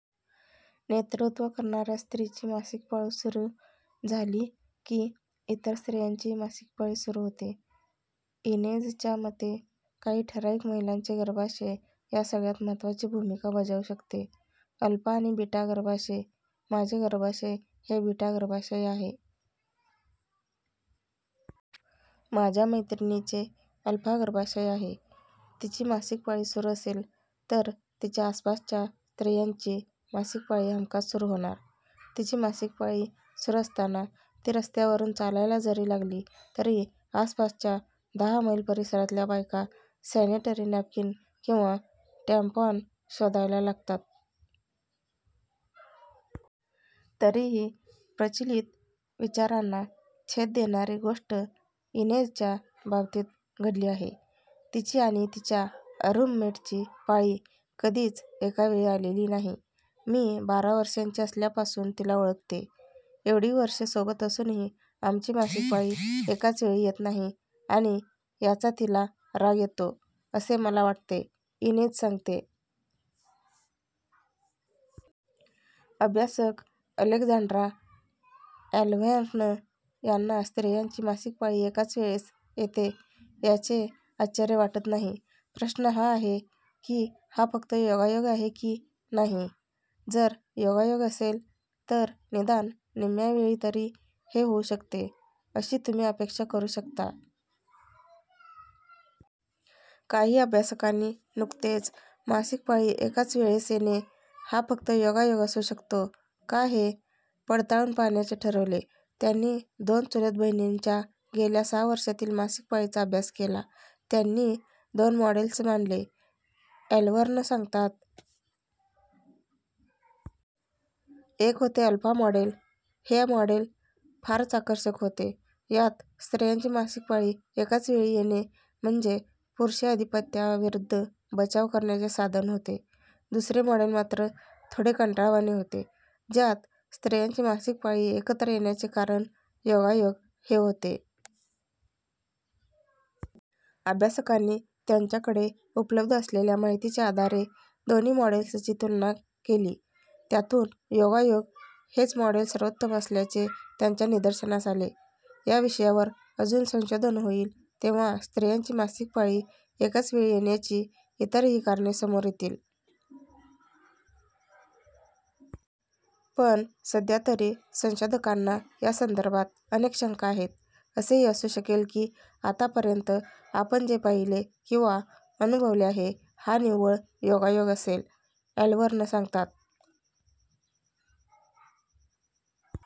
नेतृत्व करणाऱ्या स्त्रीची मासिक पाळी सुरू झाली की, इतर स्त्रियांचीही मासिक पाळी सुरू होते. इनेझच्या मते, काही ठराविक महिलांचे गर्भाशय या सगळ्यात महत्त्वाची भूमिका बजावू शकते. अल्फा आणि बीटा गर्भाशय - "माझे गर्भाशय हे बीटा गर्भाशय आहे. माझ्या मैत्रिणीचे अल्फा गर्भाशय आहे. तिची मासिक पाळी सुरू असेल तर तिच्या आसपासच्या स्त्रियांची मासिक पाळी हमखास सुरू होणार. तिची मासिक पाळी सुरू असताना ती रस्त्यावरून चालायला जरी लागली तरी आसपासच्या दहा मैल परिसरातल्या बायका सॅनिटरी नॅपकिन किंवा टॅम्पॉन शोधायला लागतात." तरीही प्रचलित विचारांना छेद देणारी गोष्ट इनेझच्या बाबतीत घडली आहे. तिची आणि तिच्या रूममेटची पाळी कधीच एका वेळी आलेली नाही. "मी बारा वर्षांची असल्यापासून तिला ओळखते. एवढी वर्षे सोबत असूनही आमची मासिक पाळी एकाच वेळी येत नाही आणि याचा तिला राग येतो असे मला वाटते," इनेझ सांगते. अभ्यासक अलेक्झांड्रा ॲलव्हर्न यांना स्त्रियांची मासिक पाळी एकाच वेळेस येते याचे आश्चर्य वाटत नाही. "प्रश्न हा आहे की हा फक्त योगायोग आहे की नाही? जर योगायोग असेल तर निदान निम्म्या वेळी तरी हे होऊ शकते अशी तुम्ही अपेक्षा करू शकता. काही अभ्यासकांनी नुकतेच मासिक पाळी एकाच वेळेस येणे हा फक्त योगायोग असू शकतो का हे पडताळून पाहण्याचे ठरवले. त्यांनी दोन चुलत बहिणींच्या गेल्या सहा वर्षांतील मासिक पाळीचा अभ्यास केला." "त्यांनी दोन मॉडेल्स मांडले," ॲलव्हर्न सांगतात. "एक होते 'अल्फा' मॉडेल. हे मॉडेल फारच आकर्षक होते; यात स्त्रियांची मासिक पाळी एकाच वेळी येणे म्हणजे पुरुषी अधिपत्याविरुद्ध बचाव करण्याचे साधन होते. दुसरे मॉडेल मात्र थोडे कंटाळवाणे होते, ज्यात स्त्रियांची मासिक पाळी एकत्र येण्याचे कारण योगायोग हे होते. अभ्यासकांनी त्यांच्याकडे उपलब्ध असलेल्या माहितीच्या आधारे दोन्ही मॉडेल्सची तुलना केली. त्यातून 'योगायोग' हेच मॉडेल सर्वोत्तम असल्याचे त्यांच्या निदर्शनास आले. या विषयावर अजून संशोधन होईल, तेव्हा स्त्रियांची मासिक पाळी एकाच वेळी येण्याची इतरही कारणे समोर येतील. पण सध्यातरी संशोधकांना या संदर्भात अनेक शंका आहेत. "असेही असू शकेल की, आतापर्यंत आपण जे पाहिले किंवा अनुभवले आहे, हा निव्वळ योगायोग असेल," ॲलव्हर्न सांगतात.